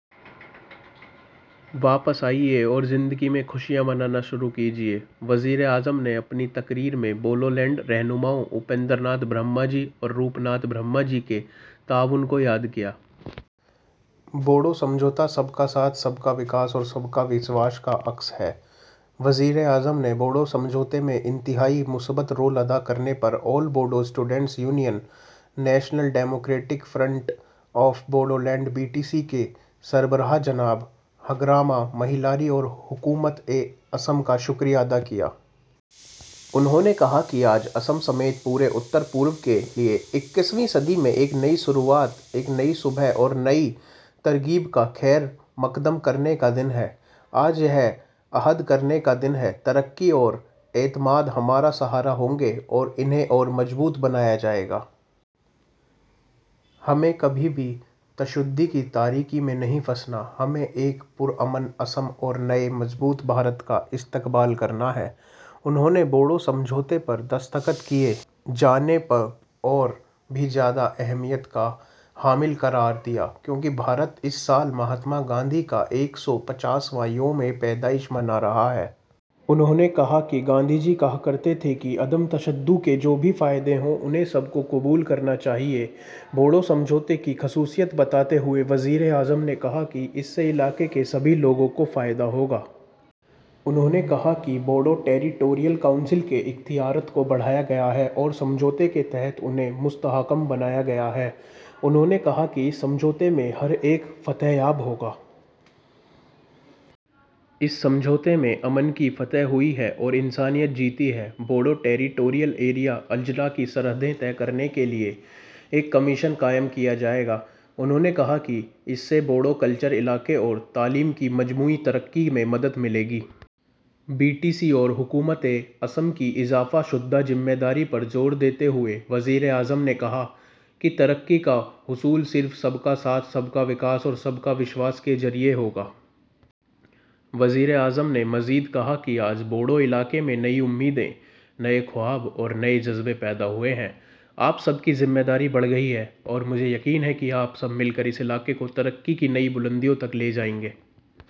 واپس آئیے اور زندگی میں خوشیاں منانا شروع کیجیے۔ وزیر اعظم نے اپنی تقریر میں بوڈو لینڈ کے رہنماؤں اپیندر ناتھ برہما جی اور روپ ناتھ برہما جی کے تعاون کو یاد دلایا۔ بوڈو سمجھوتہ سب کا ساتھ، سب کا وکاس اور سب کا وشواس کا عکاس ہے۔ وزیر اعظم نے بوڈو سمجھوتے میں انتہائی مثبت رول ادا کرنے پر آل Bodo students union, national democratic front of Bodoland, B T C کے سربراہ جناب ہگراما مہیلارے اور حکومت آسام کا شکریہ ادا کیا۔ انہوں نے کہا کہ آج آسام سمیت پورے شمال مشرق کے لیے اکیسویں صدی میں ایک نئی شروعات، ایک نئی صبح اور ایک نئی ترغیب کا خیر مقدم کرنے کا دن ہے۔ آج یہ عہد کرنے کا دن ہے کہ ترقی اور اعتماد ہمارا سہارا ہوں گے اور انہیں اور مضبوط بنایا جائے گا۔ ہمیں کبھی بھی تشدد کی تاریکی میں نہیں پھنسنا ہے۔ ہمیں ایک پرامن آسام اور ایک نئے مضبوط بھارت کا استقبال کرنا ہے۔ انہوں نے بوڈو سمجھوتے پر دستخط کیے جانے کو اور بھی زیادہ اہم قرار دیا کیونکہ بھارت اس سال مہاتما گاندھی کا ایک سو پچاسواں یوم پیدائش منا رہا ہے۔ انہوں نے کہا کہ گاندھی جی کہا کرتے تھے کہ عدم تشدد کے جو بھی فائدے ہوں انہیں سب کو قبول کرنا چاہیے۔ بوڈو سمجھوتے کی خصوصیت بتاتے ہوئے وزیر اعظم نے کہا کہ اس سے علاقے کے سبھی لوگوں کو فائدہ ہوگا۔ انہوں نے کہا کہ بوڈو ٹیریٹوریل کونسل کے اختیارات کو بڑھا دیا گیا ہے اور سمجھوتے کے تحت انہیں مستحکم بنا دیا گیا ہے۔ انہوں نے کہا کہ اس سمجھوتے میں ہر ایک فتح یاب ہوا ہے۔ اس سمجھوتے میں امن کی فتح ہوئی ہے اور انسانیت جیتی ہے۔ بوڈو ٹیریٹوریل ایریا اضلاع کی سرحدیں طے کرنے کے لیے ایک کمیشن قائم کیا جائے گا۔ انہوں نے کہا کہ اس سے بوڈو کلچر، علاقے اور تعلیم کی مجموعی ترقی میں مدد ملے گی۔ بی ٹی سی اور حکومت آسام کی اضافہ شدہ ذمہ داری پر زور دیتے ہوئے وزیر اعظم نے کہا کہ ترقی کا حصول صرف سب کا ساتھ، سب کا وکاس اور سب کا وشواس کے ذریعہ ہوگا۔ وزیر اعظم نے مزید کہا کہ آج بوڈو علاقے میں نئی امیدیں، نئے خواب اور نئے جذبے پیدا ہوئے ہیں۔ آپ سب کی ذمہ داری بڑھ گئی ہے اور مجھے یقین ہے کہ آپ سب مل کر اس علاقے کو ترقی کی نئی بلندیوں تک لے جائیں گے۔